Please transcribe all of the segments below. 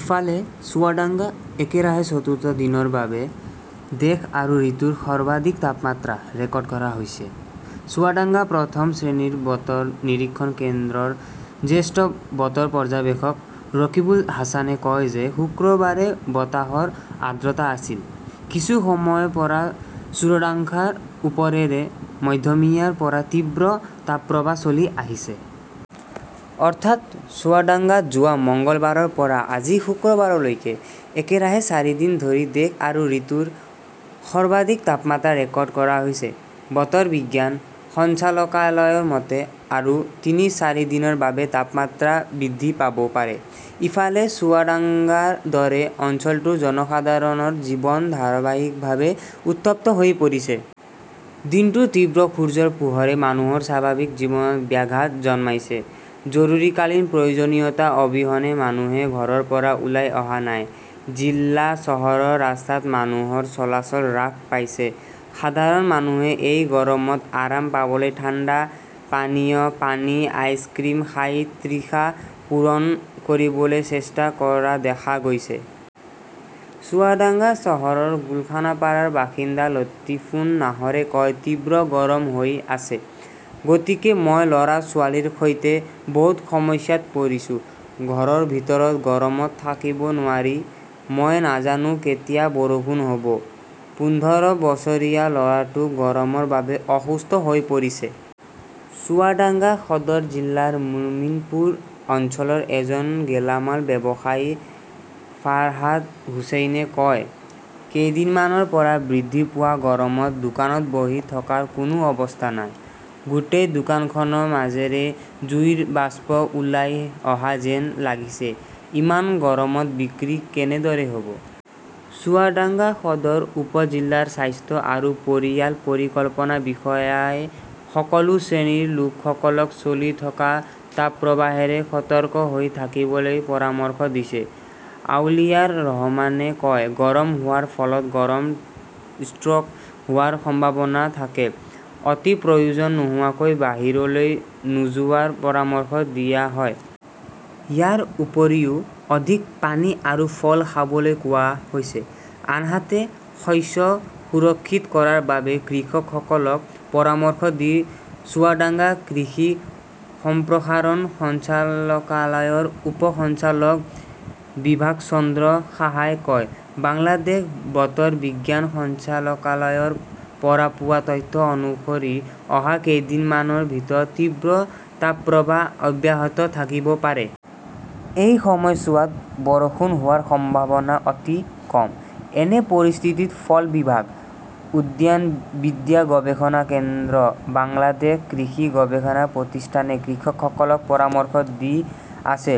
ইফালে, চুয়াডাঙ্গাএকেৰাহে চতুৰ্থ দিনৰ বাবে দেশ আৰু ঋতুৰ সৰ্বাধিক তাপমাত্ৰা ৰেকৰ্ড কৰা হৈছে। চুয়াডাঙ্গা প্ৰথম শ্ৰেণীৰ বতৰ নিৰীক্ষণ কেন্দ্ৰৰ জ্যেষ্ঠ বতৰ পৰ্যবেক্ষক ৰকিবুল হাছানে কয় যে শুক্ৰবাৰে বতাহৰ আৰ্দ্ৰতা আছিল। কিছু সময়ৰ পৰা চুয়াডাঙ্গাৰ ওপৰেৰে মধ্যমীয়াৰ পৰা তীব্ৰ তাপপ্ৰৱাহ চলি আহিছে। অৰ্থাৎ, চুয়াডাঙ্গাত যোৱা মঙলবাৰৰ পৰা আজি শুক্ৰবাৰলৈকে একেৰাহে চাৰিদিন ধৰি দেশ আৰু ঋতুৰ সৰ্বাধিক তাপমাত্ৰা ৰেকৰ্ড কৰা হৈছে। বতৰ বিজ্ঞান সঞ্চালকালয়ৰ মতে আৰু তিনি, চাৰিদিনৰ বাবে তাপমাত্ৰা বৃদ্ধি পাব পাৰে। ইফালে, চুৱাডাঙ্গাৰ দৰে অঞ্চলটোৰ জনসাধাৰণৰ জীৱন ধাৰাবাহিকভাৱে উত্তপ্ত হৈ পৰিছে। দিনটোৰ তীব্ৰ সূৰ্যৰ পোহৰে মানুহৰ স্বাভাৱিক জীৱনত ব্যাঘাত জন্মাইছে। জৰুৰীকালীন প্ৰয়োজনীয়তা অবিহনে মানুহে ঘৰৰ পৰা ওলাই অহা নাই। জিলা চহৰৰ ৰাস্তাত মানুহৰ চলাচল হ্ৰাস পাইছে। সাধাৰণ মানুহে এই গৰমত আৰাম পাবলৈ ঠাণ্ডা পানীয়, পানী, আইচক্ৰীম খাই তৃষ্ণা পূৰণ কৰিবলৈ চেষ্টা কৰা দেখা গৈছে। চুৱাডাঙ্গা চহৰৰ গুলশানপাৰাৰ বাসিন্দা লতিফুন নাহৰে কয়, "তীব্ৰ গৰম হৈ আছে। গতিকে মই ল'ৰা-ছোৱালীৰ সৈতে বহুত সমস্যাত পৰিছোঁ। ঘৰৰ ভিতৰত গৰমত থাকিব নোৱাৰি। মই নাজানো কেতিয়া বৰষুণ হ'ব। পোন্ধৰ বছৰীয়া ল'ৰাটোও গৰমৰ বাবে অসুস্থ হৈ পৰিছে।" চুয়াডাঙ্গা সদৰ জিলাৰ মোমিনপুৰ অঞ্চলৰ এজন গেলামাল ব্যৱসায়ী ফাৰহাদ হুচেইনে কয়, "কেইদিনমানৰ পৰা বৃদ্ধি পোৱা গৰমত দোকানত বহি থকাৰ কোনো অৱস্থা নাই।" গোটেই দোকানখনৰ মাজেৰে জুইৰ বাষ্প ওলাই অহা যেন লাগিছে। ইমান গৰমত বিক্ৰী কেনেদৰে হ'ব। চুৱাডাঙ্গা সদৰ উপ-জিলাৰ স্বাস্থ্য আৰু পৰিয়াল পৰিকল্পনা বিষয়াই সকলো শ্ৰেণীৰ লোকসকলক চলি থকা তাপপ্ৰৱাহেৰে সতৰ্ক হৈ থাকিবলৈ পৰামৰ্শ দিছে। আওলিয়াৰ ৰহমানে কয়,"গৰম হোৱাৰ ফলত গৰম ষ্ট্ৰোক হোৱাৰ সম্ভাৱনা থাকে। অতি প্ৰয়োজন নোহোৱাকৈ বাহিৰলৈ নোযোৱাৰ পৰামৰ্শও দিয়া হয়। ইয়াৰ উপৰিও অধিক পানী আৰু ফল খাবলৈ কোৱা হৈছে।" আনহাতে, শস্য সুৰক্ষিত কৰাৰ বাবে কৃষকসকলক পৰামৰ্শ দি চুয়াডাঙ্গা কৃষি সম্প্ৰসাৰণ সঞ্চালকালয়ৰ উপ সঞ্চালক বিভাস চন্দ্ৰ সাহাই কয়, "বাংলাদেশ বতৰ বিজ্ঞান সঞ্চালকালয়ৰ পৰা পোৱা তথ্য অনুসৰি, অহা কেইদিনমানৰ ভিতৰত তীব্ৰ তাপপ্ৰৱাহ অব্যাহত থাকিব পাৰে। এই সময়ছোৱাত বৰষুণ হোৱাৰ সম্ভাৱনা অতি কম। এনে পৰিস্থিতিত ফল বিভাগ, উদ্যানবিদ্যা গৱেষণা কেন্দ্ৰ, বাংলাদেশ কৃষি গৱেষণা প্ৰতিষ্ঠানে কৃষকসকলক পৰামৰ্শ দি আছে।"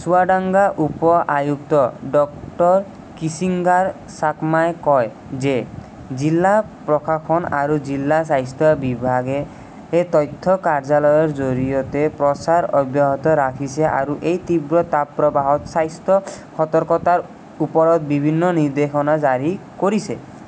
চুৱাডাঙ্গাৰ উপ-আয়ুক্ত ডাঃ কিচিঞ্জাৰ চাকমাই কয় যে, জিলা প্ৰশাসন আৰু জিলা স্বাস্থ্য বিভাগে তথ্য কাৰ্যালয়ৰ জৰিয়তে প্ৰচাৰ অব্যাহত ৰাখিছে আৰু এই তীব্ৰ তাপপ্ৰৱাহত স্বাস্থ্য সতৰ্কতাৰ ওপৰত বিভিন্ন নিৰ্দেশনা জাৰি কৰিছে।